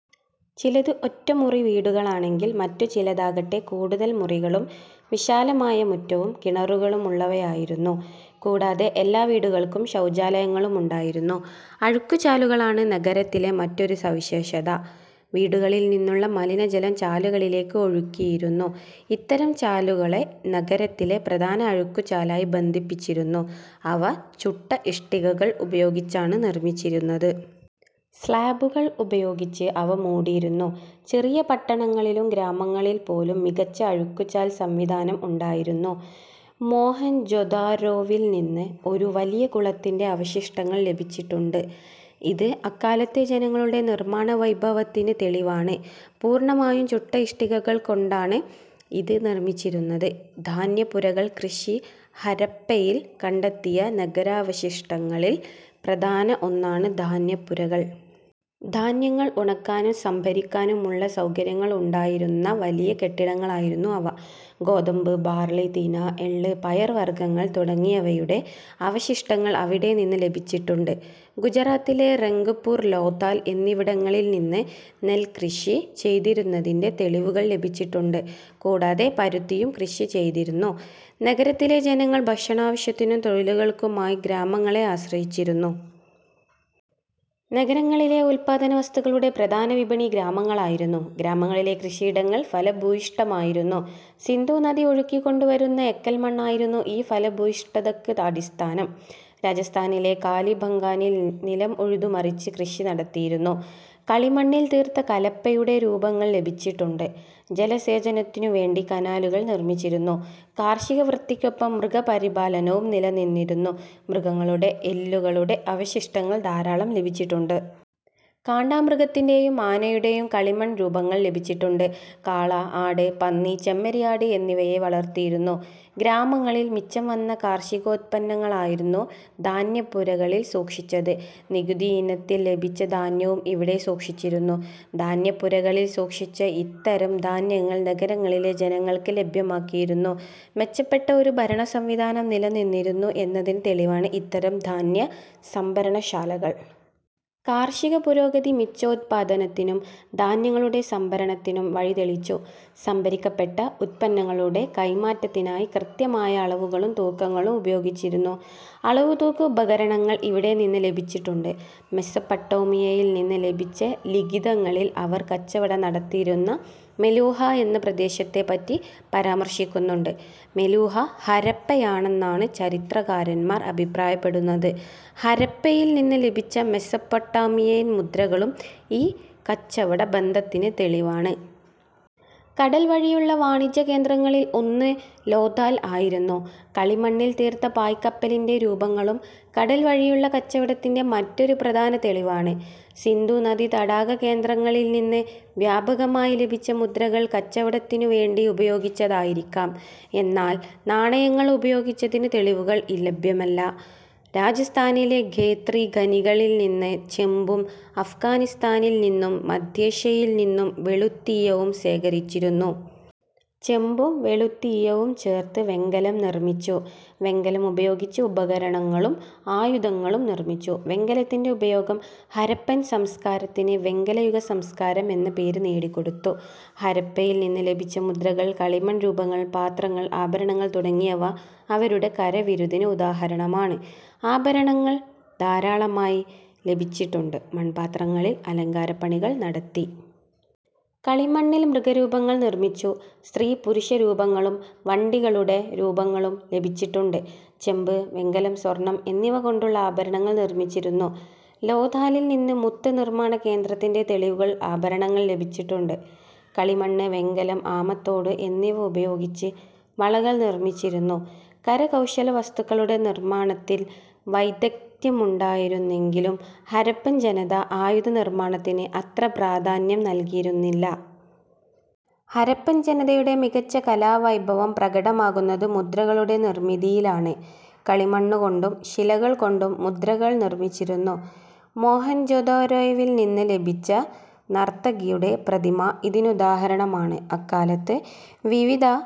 ചിലത് ഒറ്റമുറി വീടുകളാണെങ്കിൽ മറ്റു ചിലതാകട്ടെ കൂടുതൽ മുറികളും വിശാലമായ മുറ്റവും കിണറുകളുമുള്ളവയായിരുന്നു. കൂടാതെ എല്ലാ വീടുകൾക്കും ശൗചാലയങ്ങളുമുണ്ടായിരുന്നു. അഴുക്കുചാലുകളാണ് നഗരങ്ങളുടെ മറ്റൊരു സവിശേഷത. വീടുകളിൽ നിന്നുള്ള മലിനജലം ചാലുകളിലേക്ക് ഒഴുക്കിയിരുന്നു. ഇത്തരം ചാലുകളെ നഗരത്തിലെ പ്രധാന അഴുക്കുചാലുമായി ബന്ധിപ്പിച്ചിരുന്നു. അവ ചുട്ട ഇഷ്ടികകൾ ഉപയോഗിച്ചാണ് നിർമ്മിച്ചിരുന്നത്. സ്ലാബുകൾ ഉപയോഗിച്ച് അവ മൂടിയിരുന്നു. ചെറിയ പട്ടണങ്ങളിലും ഗ്രാമങ്ങളിൽപ്പോലും മികച്ച അഴുക്കുചാൽ സംവിധാനം ഉണ്ടായിരുന്നു. മോഹൻജൊദാരോവിൽനിന്ന് ഒരു വലിയ കുളത്തിന്റെ അവശിഷ്ടങ്ങൾ ലഭിച്ചിട്ടുണ്ട്. ഇത് അക്കാലത്തെ ജനങ്ങളുടെ നിർമാണ വൈഭവത്തിന് തെളിവാണ്. പൂർണ്ണമായും ചുട്ട ഇഷ്ടികകൾകൊണ്ടാണ് ഇത് നിർമിച്ചിരുന്നത്. ധാന്യപ്പുരകൾ, കൃഷി ഹരപ്പയിൽ കണ്ടെത്തിയ നഗരാവശിഷ്ടങ്ങളിൽ പ്രധാനപ്പെട്ട ഒന്നാണ് ധാന്യപ്പുരകൾ. ധാന്യങ്ങൾ ഉണക്കാനും സംഭരിക്കാനുമുള്ള സൗകര്യങ്ങൾ ഉണ്ടായിരുന്ന വലിയ കെട്ടിടങ്ങളായിരുന്നു അവ. ഗോതമ്പ്, ബാർലി, തിന, എള്ള്, പയർവർഗങ്ങൾ തുടങ്ങിയവയുടെ അവശിഷ്ടങ്ങൾ അവിടെ നിന്ന് ലഭിച്ചിട്ടുണ്ട്. ഗുജറാത്തിലെ റംഗ്പൂർ, ലോഥാൽ എന്നിവിടങ്ങളിൽനിന്ന് നെല്ല് കൃഷി ചെയ്തിരുന്നതിന്റെ തെളിവുകൾ ലഭിച്ചിട്ടുണ്ട്. കൂടാതെ പരുത്തിയും കൃഷി ചെയ്തിരുന്നു. നഗരത്തിലെ ജനങ്ങൾ ഭക്ഷണാവശ്യത്തിനും തൊഴിലുകൾക്കുമായി ഗ്രാമങ്ങളെ ആശ്രയിച്ചിരുന്നു. നഗരങ്ങളിലെ ഉല്പാദനവസ്തുക്കളുടെ പ്രധാന വിപണി ഗ്രാമങ്ങളായിരുന്നു. ഗ്രാമങ്ങളിലെ കൃഷിയിടങ്ങൾ ഫലഭൂയിഷ്ഠമായിരുന്നു. സിന്ധൂനദി ഒഴുക്കിക്കൊണ്ടുവരുന്ന എക്കൽമണ്ണായിരുന്നു ഈ ഫലഭൂയിഷ്ഠതയ്ക്ക് അടിസ്ഥാനം. രാജസ്ഥാനിലെ കാലിബംഗാനിൽ നിലം ഉഴുതുമറിച്ച് കൃഷി നടത്തിയിരുന്നു. കളിമണ്ണിൽ തീർത്ത കലപ്പയുടെ രൂപങ്ങൾ ലഭിച്ചിട്ടുണ്ട്. ജലസേചനത്തിനുവേണ്ടി കനാലുകൾ നിർമിച്ചിരുന്നു. കാർഷികവൃത്തിക്കൊപ്പം മൃഗപരിപാലനവും നിലനിന്നിരുന്നു. മൃഗങ്ങളുടെ എല്ലുകളുടെ അവശിഷ്ടങ്ങൾ ധാരാളം ലഭിച്ചിട്ടുണ്ട്. കാണ്ടാ മൃഗത്തിന്റെയും ആനയുടെയും കളിമൺ രൂപങ്ങൾ ലഭിച്ചിട്ടുണ്ട്. കാള, ആട്, പന്നി, ചെമ്മരിയാട് എന്നിവയെ വളർത്തിയിരുന്നു. ഗ്രാമങ്ങളിൽ മിച്ചം വന്ന കാർഷികോത്പന്നങ്ങളായിരുന്നു ധാന്യപ്പുരകളിൽ സൂക്ഷിച്ചത്. നികുതിയിനത്തിൽ ലഭിച്ച ധാന്യവും ഇവിടെ സൂക്ഷിച്ചിരുന്നു. ധാന്യപ്പുരകളിൽ സൂക്ഷിച്ച ഇത്തരം ധാന്യങ്ങൾ നഗരങ്ങളിലെ ജനങ്ങൾക്ക് ലഭ്യമാക്കിയിരുന്നു. മെച്ചപ്പെട്ട ഒരു ഭരണസംവിധാനം നിലനിന്നിരുന്നു എന്നതിന് തെളിവാണ് ഇത്തരം ധാന്യസംഭരണശാലകൾ. കാർഷിക പുരോഗതി മിച്ചോത്പാദനത്തിനും ധാന്യങ്ങളുടെ സംഭരണത്തിനും വഴിതെളിച്ചു. സംഭരിക്കപ്പെട്ട ഉത്പന്നങ്ങളുടെ കൈമാറ്റത്തിനായി കൃത്യമായ അളവുകളും തൂക്കങ്ങളും ഉപയോഗിച്ചിരുന്നു. അളവുതൂക്ക ഉപകരണങ്ങൾ ഇവിടെനിന്ന് ലഭിച്ചിട്ടുണ്ട്. മെസൊപ്പൊട്ടാമിയയിൽനിന്ന് ലഭിച്ച ലിഖിതങ്ങളിൽ അവർ കച്ചവടം നടത്തിയിരുന്ന മെലൂഹ എന്ന പ്രദേശത്തെപ്പറ്റി പരാമർശിക്കുന്നുണ്ട്. മെലൂഹ ഹരപ്പയാണെന്നാണ് ചരിത്രകാരന്മാർ അഭിപ്രായപ്പെടുന്നത്. ഹരപ്പയിൽനിന്ന് ലഭിച്ച മെസൊപ്പൊട്ടാമിയൻ മുദ്രകളും ഈ കച്ചവട ബന്ധത്തിന് തെളിവാണ്. കടൽ വഴിയുള്ള വാണിജ്യകേന്ദ്രങ്ങളിൽ ഒന്ന് ലോഥാൽ ആയിരുന്നു. കളിമണ്ണിൽ തീർത്ത പായ്ക്കപ്പലിന്റെ രൂപങ്ങളും കടൽ വഴിയുള്ള കച്ചവടത്തിന്റെ മറ്റൊരു പ്രധാന തെളിവാണ്. സിന്ധൂനദീതട കേന്ദ്രങ്ങളിൽനിന്ന് വ്യാപകമായി ലഭിച്ച മുദ്രകൾ കച്ചവടത്തിനുവേണ്ടി ഉപയോഗിച്ചതായിരിക്കാം. എന്നാൽ നാണയങ്ങൾ ഉപയോഗിച്ചതിന് തെളിവുകൾ ലഭ്യമല്ല. രാജസ്ഥാനിലെ ഖേത്രി ഖനികളിൽനിന്ന് ചെമ്പും അഫ്ഘാനിസ്ഥാനിൽ നിന്നും മധ്യേഷ്യയിൽ നിന്നും വെളുത്തീയവും ശേഖരിച്ചിരുന്നു. ചെമ്പും വെളുത്തീയവും ചേർത്ത് വെങ്കലം നിർമിച്ചു. വെങ്കലമുപയോഗിച്ച് ഉപകരണങ്ങളും ആയുധങ്ങളും നിർമിച്ചു. വെങ്കലത്തിന്റെ ഉപയോഗം ഹരപ്പൻ സംസ്കാരത്തിന് വെങ്കലയുഗ സംസ്കാരം എന്ന പേര് നേടിക്കൊടുത്തു. ഹരപ്പയിൽനിന്ന് ലഭിച്ച മുദ്രകൾ, കളിമൺരൂപങ്ങൾ, പാത്രങ്ങൾ, ആഭരണങ്ങൾ തുടങ്ങിയവ അവരുടെ കരവിരുതിന് ഉദാഹരണമാണ്. ആഭരങ്ങൾ ധാരാളമായി ലഭിച്ചിട്ടുണ്ട്. മൺപാത്രങ്ങളിൽ അലങ്കാരപണികൾ നടത്തി. കളിമണ്ണിൽ മൃഗരൂപങ്ങൾ നിർമ്മിച്ചു. സ്ത്രീ-പുരുഷ രൂപങ്ങളും വണ്ടികളുടെ രൂപങ്ങളും ലഭിച്ചിട്ടുണ്ട്. ചെമ്പ്, വെങ്കലം, സ്വർണം എന്നിവ കൊണ്ടുള്ള ആഭരണങ്ങൾ നിർമിച്ചിരുന്നു. ലോഥാലിൽ നിന്ന് മുത്ത് നിർമാണ കേന്ദ്രത്തിന്റെ തെളിവുകൾ ആഭരണങ്ങൾ ലഭിച്ചിട്ടുണ്ട്. കളിമണ്ണ്, വെങ്കലം, ആമത്തോട് എന്നിവ ഉപയോഗിച്ച് വളകൾ നിർമിച്ചിരുന്നു. കരകൗശലവസ്തുക്കളുടെ നിർമാണത്തിൽ വൈദഗ്ധ്യമുണ്ടായിരുന്നെങ്കിലും ഹരപ്പൻ ജനത ആയുധ നിർമാണത്തിന് അത്ര പ്രാധാന്യം നൽകിയിരുന്നില്ല. ഹരപ്പൻ ജനതയുടെ മികച്ച കലാവൈഭവം പ്രകടമാകുന്നത് മുദ്രകളുടെ നിർമിതിയിലാണ്. കളിമണ്ണുകൊണ്ടും ശിലകൾകൊണ്ടും മുദ്രകൾ നിർമിച്ചിരുന്നു. മോഹൻജൊദാരൊവിൽനിന്ന് ലഭിച്ച നർത്തകിയുടെ പ്രതിമ ഇതിനുദാഹരണമാണ്. അക്കാലത്ത് വിവിധ